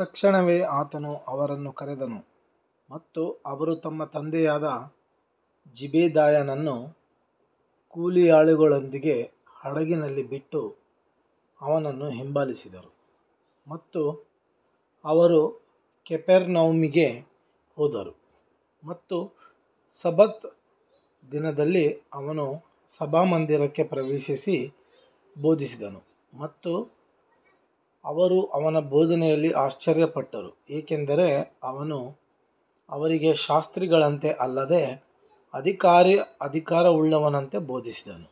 ತಕ್ಷಣವೇ ಆತನು ಅವರನ್ನು ಕರೆದನು ಮತ್ತು ಅವರು ತಮ್ಮ ತಂದೆಯಾದ ಜೆಬೆದಾಯನನ್ನು ಕೂಲಿಯಾಳುಗಳೊಂದಿಗೆ ಹಡಗಿನಲ್ಲಿ ಬಿಟ್ಟು ಅವನನ್ನು ಹಿಂಬಾಲಿಸಿದರು. ಮತ್ತು ಅವರು ಕಪೆರ್ನೌಮಿಗೆ ಹೋದರು ಮತ್ತು ಸಬ್ಬತ್ ದಿನದಲ್ಲಿ ಅವನು ಸಭಾಮಂದಿರಕ್ಕೆ ಪ್ರವೇಶಿಸಿ ಬೋಧಿಸಿದನು. ಮತ್ತು ಅವರು ಅವನ ಬೋಧನೆಯಲ್ಲಿ ಆಶ್ಚರ್ಯಪಟ್ಟರು, ಏಕೆಂದರೆ ಅವನು ಅವರಿಗೆ ಶಾಸ್ತ್ರಿಗಳಂತೆ ಅಲ್ಲದೆ ಅಧಿಕಾರವುಳ್ಳವನಂತೆ ಬೋಧಿಸಿದನು.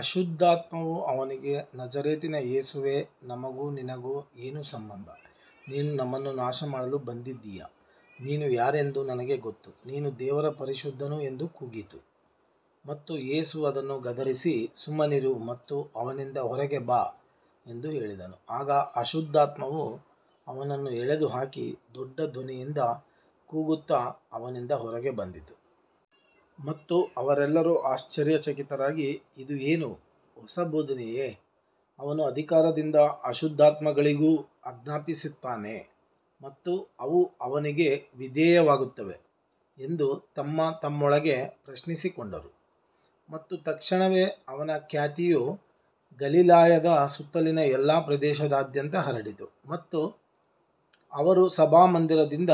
ಅಶುದ್ಧಾತ್ಮವು ಅವನಿಗೆ, ನಜರೇತಿನ ಯೇಸುವೇ, ನಮಗೂ ನಿನಗೂ ಏನು ಸಂಬಂಧ, ನೀನು ನಮ್ಮನ್ನು ನಾಶಮಾಡಲು ಬಂದಿದ್ದೀಯಾ, ನೀನು ಯಾರೆಂದು ನನಗೆ ಗೊತ್ತು, ನೀನು ದೇವರ ಪರಿಶುದ್ಧನು ಎಂದು ಕೂಗಿತು. ಮತ್ತು ಯೇಸು ಅದನ್ನು ಗದರಿಸಿ, ಸುಮ್ಮನಿರು ಮತ್ತು ಅವನಿಂದ ಹೊರಗೆ ಬಾ ಎಂದು ಹೇಳಿದನು. ಆಗ ಅಶುದ್ಧಾತ್ಮವು ಅವನನ್ನು ಎಳೆದು ಹಾಕಿ ದೊಡ್ಡ ಧ್ವನಿಯಿಂದ ಕೂಗುತ್ತಾ ಅವನಿಂದ ಹೊರಗೆ ಬಂದಿತು. ಮತ್ತು ಅವರೆಲ್ಲರೂ ಆಶ್ಚರ್ಯಚಕಿತರಾಗಿ, ಇದು ಏನು, ಹೊಸ ಬೋಧನೆಯೇ, ಅವನು ಅಧಿಕಾರದಿಂದ ಅಶುದ್ಧಾತ್ಮಗಳಿಗೂ ಆಜ್ಞಾಪಿಸುತ್ತಾನೆ ಮತ್ತು ಅವು ಅವನಿಗೆ ವಿಧೇಯವಾಗುತ್ತವೆ ಎಂದು ತಮ್ಮತಮ್ಮೊಳಗೆ ಪ್ರಶ್ನಿಸಿಕೊಂಡರು. ಮತ್ತು ತಕ್ಷಣವೇ ಅವನ ಖ್ಯಾತಿಯು ಗಲಿಲಾಯದ ಸುತ್ತಲಿನ ಎಲ್ಲಾ ಪ್ರದೇಶದಾದ್ಯಂತ ಹರಡಿತು. ಮತ್ತು ಅವರು ಸಭಾಮಂದಿರದಿಂದ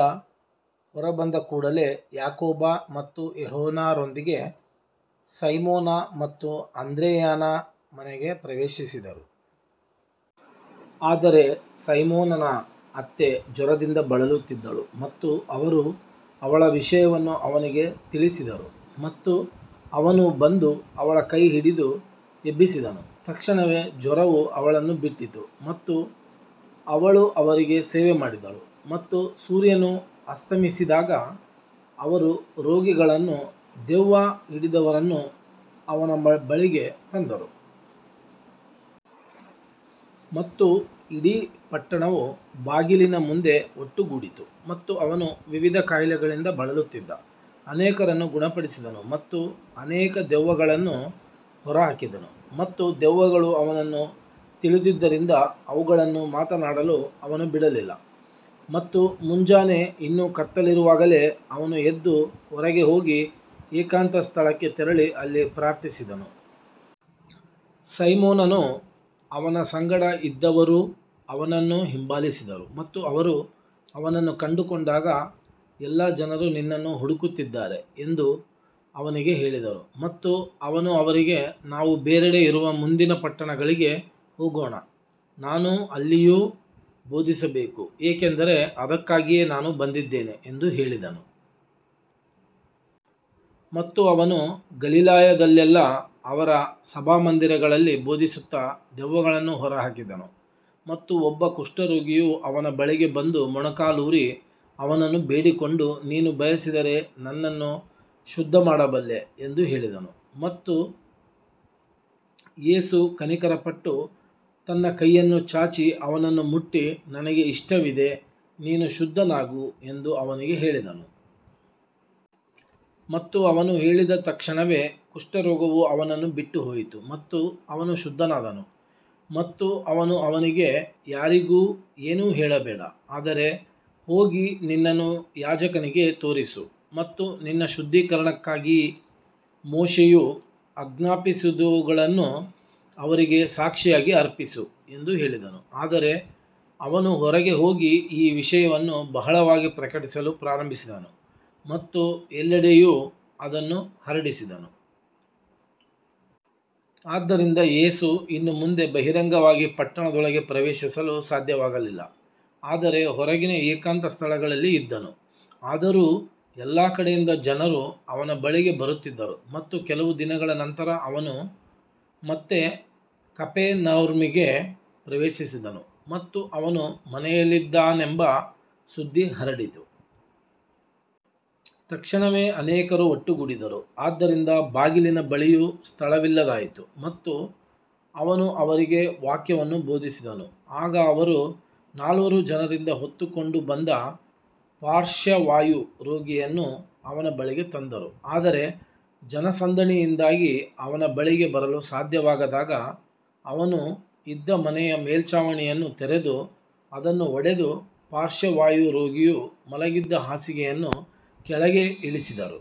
ಹೊರಬಂದ ಕೂಡಲೇ ಯಾಕೋಬ ಮತ್ತು ಯೋಹಾನರೊಂದಿಗೆ ಸೈಮೋನ ಮತ್ತು ಆಂದ್ರೆಯನ ಮನೆಗೆ ಪ್ರವೇಶಿಸಿದರು. ಆದರೆ ಸೈಮೋನನ ಅತ್ತೆ ಜ್ವರದಿಂದ ಬಳಲುತ್ತಿದ್ದಳು ಮತ್ತು ಅವರು ಅವಳ ವಿಷಯವನ್ನು ಅವನಿಗೆ ತಿಳಿಸಿದರು. ಮತ್ತು ಅವನು ಬಂದು ಅವಳ ಕೈಹಿಡಿದು ಎಬ್ಬಿಸಿದನು, ತಕ್ಷಣವೇ ಜ್ವರವು ಅವಳನ್ನು ಬಿಟ್ಟಿತು ಮತ್ತು ಅವಳು ಅವರಿಗೆ ಸೇವೆ ಮಾಡಿದಳು. ಮತ್ತು ಸೂರ್ಯನು ಅಸ್ತಮಿಸಿದಾಗ ಅವರು ರೋಗಿಗಳನ್ನೂ ದೆವ್ವ ಹಿಡಿದವರನ್ನೂ ಅವನ ಬಳಿಗೆ ತಂದರು. ಮತ್ತು ಇಡೀ ಪಟ್ಟಣವು ಬಾಗಿಲಿನ ಮುಂದೆ ಒಟ್ಟುಗೂಡಿತು. ಮತ್ತು ಅವನು ವಿವಿಧ ಕಾಯಿಲೆಗಳಿಂದ ಬಳಲುತ್ತಿದ್ದ ಅನೇಕರನ್ನು ಗುಣಪಡಿಸಿದನು ಮತ್ತು ಅನೇಕ ದೆವ್ವಗಳನ್ನು ಹೊರಹಾಕಿದನು. ಮತ್ತು ದೆವ್ವಗಳು ಅವನನ್ನು ತಿಳಿದಿದ್ದರಿಂದ ಅವುಗಳನ್ನು ಮಾತನಾಡಲು ಅವನು ಬಿಡಲಿಲ್ಲ. ಮತ್ತು ಮುಂಜಾನೆ ಇನ್ನೂ ಕತ್ತಲಿರುವಾಗಲೇ ಅವನು ಎದ್ದು ಹೊರಗೆ ಹೋಗಿ ಏಕಾಂತ ಸ್ಥಳಕ್ಕೆ ತೆರಳಿ ಅಲ್ಲಿ ಪ್ರಾರ್ಥಿಸಿದನು. ಸೈಮೋನನೂ ಅವನ ಸಂಗಡ ಇದ್ದವರೂ ಅವನನ್ನು ಹಿಂಬಾಲಿಸಿದರು. ಮತ್ತು ಅವರು ಅವನನ್ನು ಕಂಡುಕೊಂಡಾಗ, ಎಲ್ಲಾ ಜನರು ನಿನ್ನನ್ನು ಹುಡುಕುತ್ತಿದ್ದಾರೆ ಎಂದು ಅವನಿಗೆ ಹೇಳಿದರು. ಮತ್ತು ಅವನು ಅವರಿಗೆ, ನಾವು ಬೇರೆಡೆ ಇರುವ ಮುಂದಿನ ಪಟ್ಟಣಗಳಿಗೆ ಹೋಗೋಣ, ನಾನು ಅಲ್ಲಿಯೂ ಬೋಧಿಸಬೇಕು, ಏಕೆಂದರೆ ಅದಕ್ಕಾಗಿಯೇ ನಾನು ಬಂದಿದ್ದೇನೆ ಎಂದು ಹೇಳಿದನು. ಮತ್ತು ಅವನು ಗಲಿಲಾಯದಲ್ಲೆಲ್ಲಾ ಅವರ ಸಭಾಮಂದಿರಗಳಲ್ಲಿ ಬೋಧಿಸುತ್ತಾ ದೆವ್ವಗಳನ್ನು ಹೊರಹಾಕಿದನು. ಮತ್ತು ಒಬ್ಬ ಕುಷ್ಠರೋಗಿಯು ಅವನ ಬಳಿಗೆ ಬಂದು, ಮೊಣಕಾಲೂರಿ ಅವನನ್ನು ಬೇಡಿಕೊಂಡು, ನೀನು ಬಯಸಿದರೆ ನನ್ನನ್ನು ಶುದ್ಧಮಾಡಬಲ್ಲೆ ಎಂದು ಹೇಳಿದನು. ಮತ್ತು ಯೇಸು ಕನಿಕರಪಟ್ಟು ತನ್ನ ಕೈಯನ್ನು ಚಾಚಿ ಅವನನ್ನು ಮುಟ್ಟಿ, ನನಗೆ ಇಷ್ಟವಿದೆ, ನೀನು ಶುದ್ಧನಾಗು ಎಂದು ಅವನಿಗೆ ಹೇಳಿದನು. ಮತ್ತು ಅವನು ಹೇಳಿದ ತಕ್ಷಣವೇ ಕುಷ್ಠರೋಗವು ಅವನನ್ನು ಬಿಟ್ಟುಹೋಯಿತು ಮತ್ತು ಅವನು ಶುದ್ಧನಾದನು. ಮತ್ತು ಅವನು ಅವನಿಗೆ, ಯಾರಿಗೂ ಏನೂ ಹೇಳಬೇಡ, ಆದರೆ ಹೋಗಿ ನಿನ್ನನ್ನು ಯಾಜಕನಿಗೆ ತೋರಿಸು ಮತ್ತು ನಿನ್ನ ಶುದ್ಧೀಕರಣಕ್ಕಾಗಿ ಮೋಶೆಯು ಆಜ್ಞಾಪಿಸಿದವುಗಳನ್ನು ಅವರಿಗೆ ಸಾಕ್ಷಿಯಾಗಿ ಅರ್ಪಿಸು ಎಂದು ಹೇಳಿದನು. ಆದರೆ ಅವನು ಹೊರಗೆ ಹೋಗಿ ಈ ವಿಷಯವನ್ನು ಬಹಳವಾಗಿ ಪ್ರಕಟಿಸಲು ಪ್ರಾರಂಭಿಸಿದನು ಮತ್ತು ಎಲ್ಲೆಡೆಯೂ ಅದನ್ನು ಹರಡಿಸಿದನು. ಆದ್ದರಿಂದ ಯೇಸು ಇನ್ನು ಮುಂದೆ ಬಹಿರಂಗವಾಗಿ ಪಟ್ಟಣದೊಳಗೆ ಪ್ರವೇಶಿಸಲು ಸಾಧ್ಯವಾಗಲಿಲ್ಲ, ಆದರೆ ಹೊರಗಿನ ಏಕಾಂತ ಸ್ಥಳಗಳಲ್ಲಿ ಇದ್ದನು. ಆದರೂ ಎಲ್ಲಾ ಕಡೆಯಿಂದ ಜನರು ಅವನ ಬಳಿಗೆ ಬರುತ್ತಿದ್ದರು. ಮತ್ತು ಕೆಲವು ದಿನಗಳ ನಂತರ ಅವನು ಮತ್ತೆ ಕಪೆರ್ನೌಮಿಗೆ ಪ್ರವೇಶಿಸಿದನು ಮತ್ತು ಅವನು ಮನೆಯಲ್ಲಿದ್ದಾನೆಂಬ ಸುದ್ದಿ ಹರಡಿತು. ತಕ್ಷಣವೇ ಅನೇಕರು ಒಟ್ಟುಗೂಡಿದರು, ಆದ್ದರಿಂದ ಬಾಗಿಲಿನ ಬಳಿಯೂ ಸ್ಥಳವಿಲ್ಲದಾಯಿತು, ಮತ್ತು ಅವನು ಅವರಿಗೆ ವಾಕ್ಯವನ್ನು ಬೋಧಿಸಿದನು. ಆಗ ಅವರು ನಾಲ್ವರು ಜನರಿಂದ ಹೊತ್ತುಕೊಂಡು ಬಂದ ಪಾರ್ಶ್ವವಾಯು ರೋಗಿಯನ್ನು ಅವನ ಬಳಿಗೆ ತಂದರು. ಆದರೆ ಜನಸಂದಣಿಯಿಂದಾಗಿ ಅವನ ಬಳಿಗೆ ಬರಲು ಸಾಧ್ಯವಾಗದಾಗ, ಅವನು ಇದ್ದ ಮನೆಯ ಮೇಲ್ಛಾವಣಿಯನ್ನು ತೆರೆದು, ಅದನ್ನು ಒಡೆದು, ಪಾರ್ಶ್ವವಾಯು ರೋಗಿಯು ಮಲಗಿದ್ದ ಹಾಸಿಗೆಯನ್ನು ಕೆಳಗೆ ಇಳಿಸಿದರು.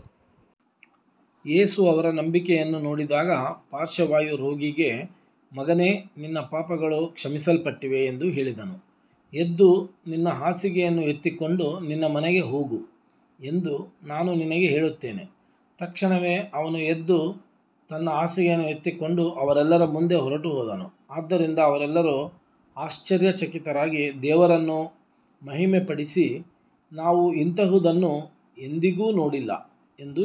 ಯೇಸು ಅವರ ನಂಬಿಕೆಯನ್ನು ನೋಡಿದಾಗ ಪಾರ್ಶ್ವವಾಯು ರೋಗಿಗೆ, ಮಗನೇ, ನಿನ್ನ ಪಾಪಗಳು ಕ್ಷಮಿಸಲ್ಪಟ್ಟಿವೆ ಎಂದು ಹೇಳಿದನು. ಎದ್ದು ನಿನ್ನ ಹಾಸಿಗೆಯನ್ನು ಎತ್ತಿಕೊಂಡು ನಿನ್ನ ಮನೆಗೆ ಹೋಗು ಎಂದು ನಾನು ನಿನಗೆ ಹೇಳುತ್ತೇನೆ. ತಕ್ಷಣವೇ ಅವನು ಎದ್ದು ತನ್ನ ಹಾಸಿಗೆಯನ್ನು ಎತ್ತಿಕೊಂಡು ಅವರೆಲ್ಲರ ಮುಂದೆ ಹೊರಟುಹೋದನು. ಆದ್ದರಿಂದ ಅವರೆಲ್ಲರೂ ಆಶ್ಚರ್ಯಚಕಿತರಾಗಿ ದೇವರನ್ನು ಮಹಿಮೆಪಡಿಸಿ, ನಾವು ಇಂತಹದನ್ನು ಎಂದಿಗೂ ನೋಡಿಲ್ಲ ಎಂದು ಹೇಳಿದರು.